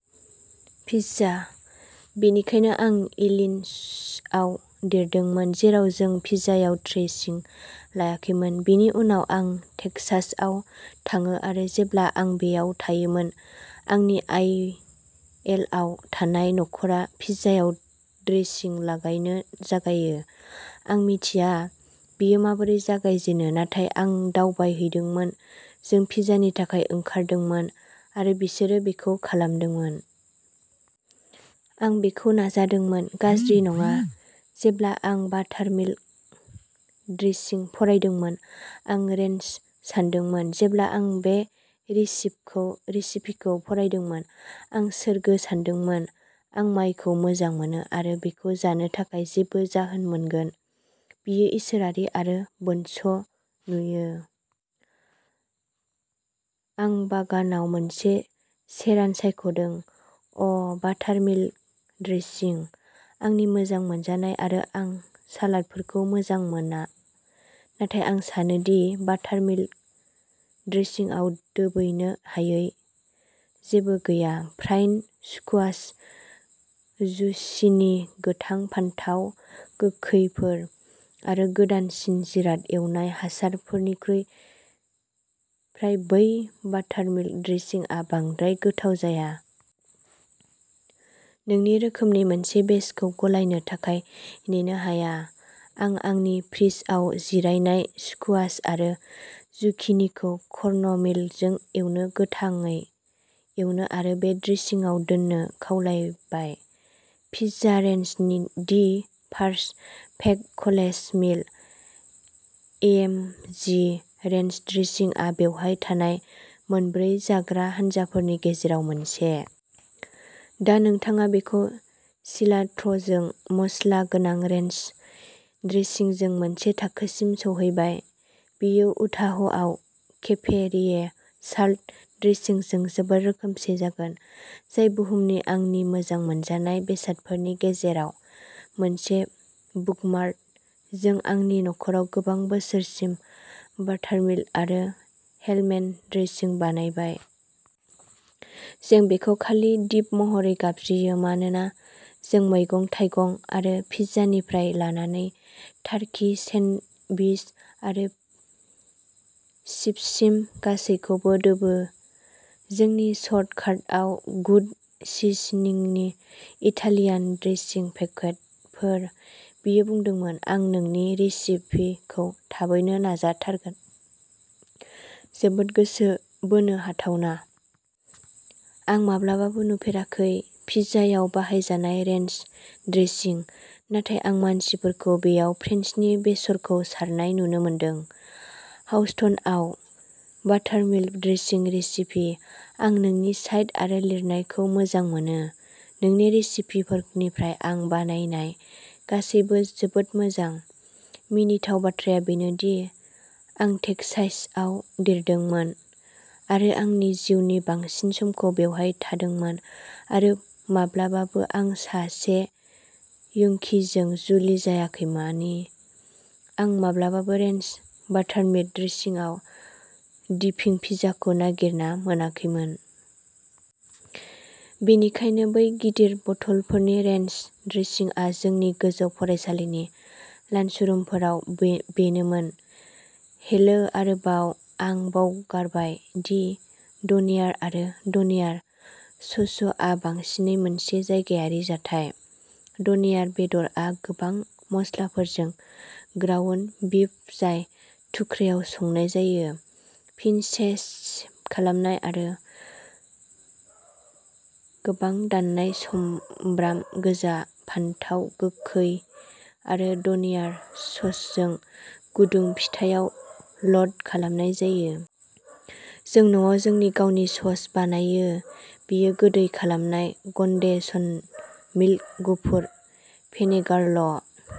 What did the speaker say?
Pizza. बेनिखायनो, आं इलिन'इसआव देरदोंमोन, जेराव जों पिज्जायाव ड्रेसिं लायाखैमोन। बेनि उनाव, आं टेक्सासआव थाङो आरो जेब्ला आं बेयाव थायोमोन, आंनि आइएलआव थानाय नखरा पिज्जायाव ड्रेसिं लागायनो जागायो। आं मिथिया बेयो माबोरै जागायजेनो, नाथाय आं दावबायहैदोंमोन, जों पिज्जानि थाखाय ओंखारदोंमोन, आरो बिसोरो बेखौ खालामदोंमोन। आं बेखौ नाजादोंमोन। गाज्रि नङा! जेब्ला आं "बाटारमिल्क ड्रेसिं" फरायदोंमोन, आं "रेन्च" सानदोंमोन। जेब्ला आं बे रिसिपखौ रिसिपिखौ फरायदोंमोन, आं "सोरगो" सानदोंमोन। आं माय'खौ मोजां मोनो आरो बेखौ जानो थाखाय जेबो जाहोन मोनगोन। बेयो इसोरारि आरो बोनस' नुयो... आं बागानाव मोनसे सेरान'सायख'दों! अ ', बाटारमिल्क ड्रेसिं! आंनि मोजां मोनजानाय आरो आं सालादफोरखौ मोजां मोना! नाथाय आं सानो दि बाटारमिल्क ड्रेसिंआव दोबैनो हायै जेबो गैया, फ्राइड स्कुवाश, जुचिनी, गोथां फानथाव गोखैफोर, आरो गोदानसिन जिराद-एवनाय आसारफोरनिख्रुइ फ्राय, बै बाटारमिल्क ड्रेसिंआ बांद्राय गोथाव जाया। नोंनि रोखोमनि मोनसे बेचखौ गलायनो थाखाय नेनो हाया। आं आंनि फ्रिजआव जिरायनाय स्कुवाश आरो जुकिनिखौ कर्नमीलजों एवनो, गोथाङै एवनो आरो बे ड्रेसिंआव दोन्नो खावलायबाय! पिज्जा रेन्चनि the perfect college meal! OMG. Ranch ड्रेसिंआ बेवहाय थानाय मोनब्रै जाग्रा हानजाफोरनि गेजेराव मोनसे। दा नोंथाङा बेखौ सिलाट्र'जों मस्ला गोनां रेन्च ड्रेसिंजों मोनसे थाखोसिम सौहैबाय। बेयो उटाहआव केफे रिये'साल्द ड्रेसिंजों जोबोद रोखोमसे जागोन, जाय बुहुमनि आंनि मोजां मोनजानाय बेसादफोरनि गेजेराव मोनसे। बुकमार्क! जों आंनि नख'राव गोबां बोसोरसिम बाटारमिल्क आरो हेलमेन ड्रेसिं बानायबाय। जों बेखौ खालि "डिप" महरै गाबज्रियो मानोना जों मैगं-थाइगं आरो पिज्जानिफ्राय लानानै टार्कि सेन्डविच आरो चिप्ससिम गासैखौबो दोबो। जोंनि शर्टकाटआव गुड सिजनिंनि इटालियान ड्रेसिं पेकेटफोर। बियो बुंदोंमोन, आं नोंनि रिसिपिखौ थाबैनो नाजाथारगोन! जोबोद गोसो बोनो हाथावना! आं माब्लाबाबो नुफेराखै। पिज्जायाव बाहायजानाय रेन्च ड्रेसिं, नाथाय आं मानसिफोरखौ बेयाव फ्रेन्सनि बेसरखौ सारनाय नुनो मोनदों-हाउस्टनआव! Buttermilk dressing recipe. आं नोंनि साइट आरो लिरनायखौ मोजां मोनो-नोंनि रेसिपिफोरनिफ्राय आं बानायनाय गासैबो जोबोद मोजां! मिनिथाव बाथ्राया बेनो दि आं टेक्सासआव देरदोंमोन आरो आंनि जिउनि बांसिन समखौ बेवहाय थादोंमोन आरो माब्लाबाबो आं सासे यांकीजों जुलि जायाखैमानि आं माब्लाबाबो रेन्च/बाटारमिल्क ड्रेसिंआव डिपिं पिज्जाखौ नागिरना मोनाखैमोन। बेनिखायनो बै गिदिर बथलफोरनि रेन्च ड्रेसिंआ जोंनि गोजौ फरायसालिनि लान्सरुमफोराव बे-बेनोमोन! हेलो आरोबाव ~ आं बावगारबाय दि डनेयार आरो डनेयार स'स'आ बांसिनै मोनसे जायगायारि जाथाय। डनेयार बेदरआ गोबां मस्लाफोरजों ग्राउन्ड बीफ जाय थुख्रायाव संनाय जायो, फिन शेस शेभ खालामनाय आरो गोबां दाननाय समब्राम गोजा, फानथाव गोखै आरो डनेयार ससजों गुदुं पिटायाव ल'ड खालामनाय जायो। जों न'आव जोंनि गावनि सस बानायो-बेयो गोदै खालामनाय घन्डेन्सड मिल्क, गुफुर भिनेगारल'।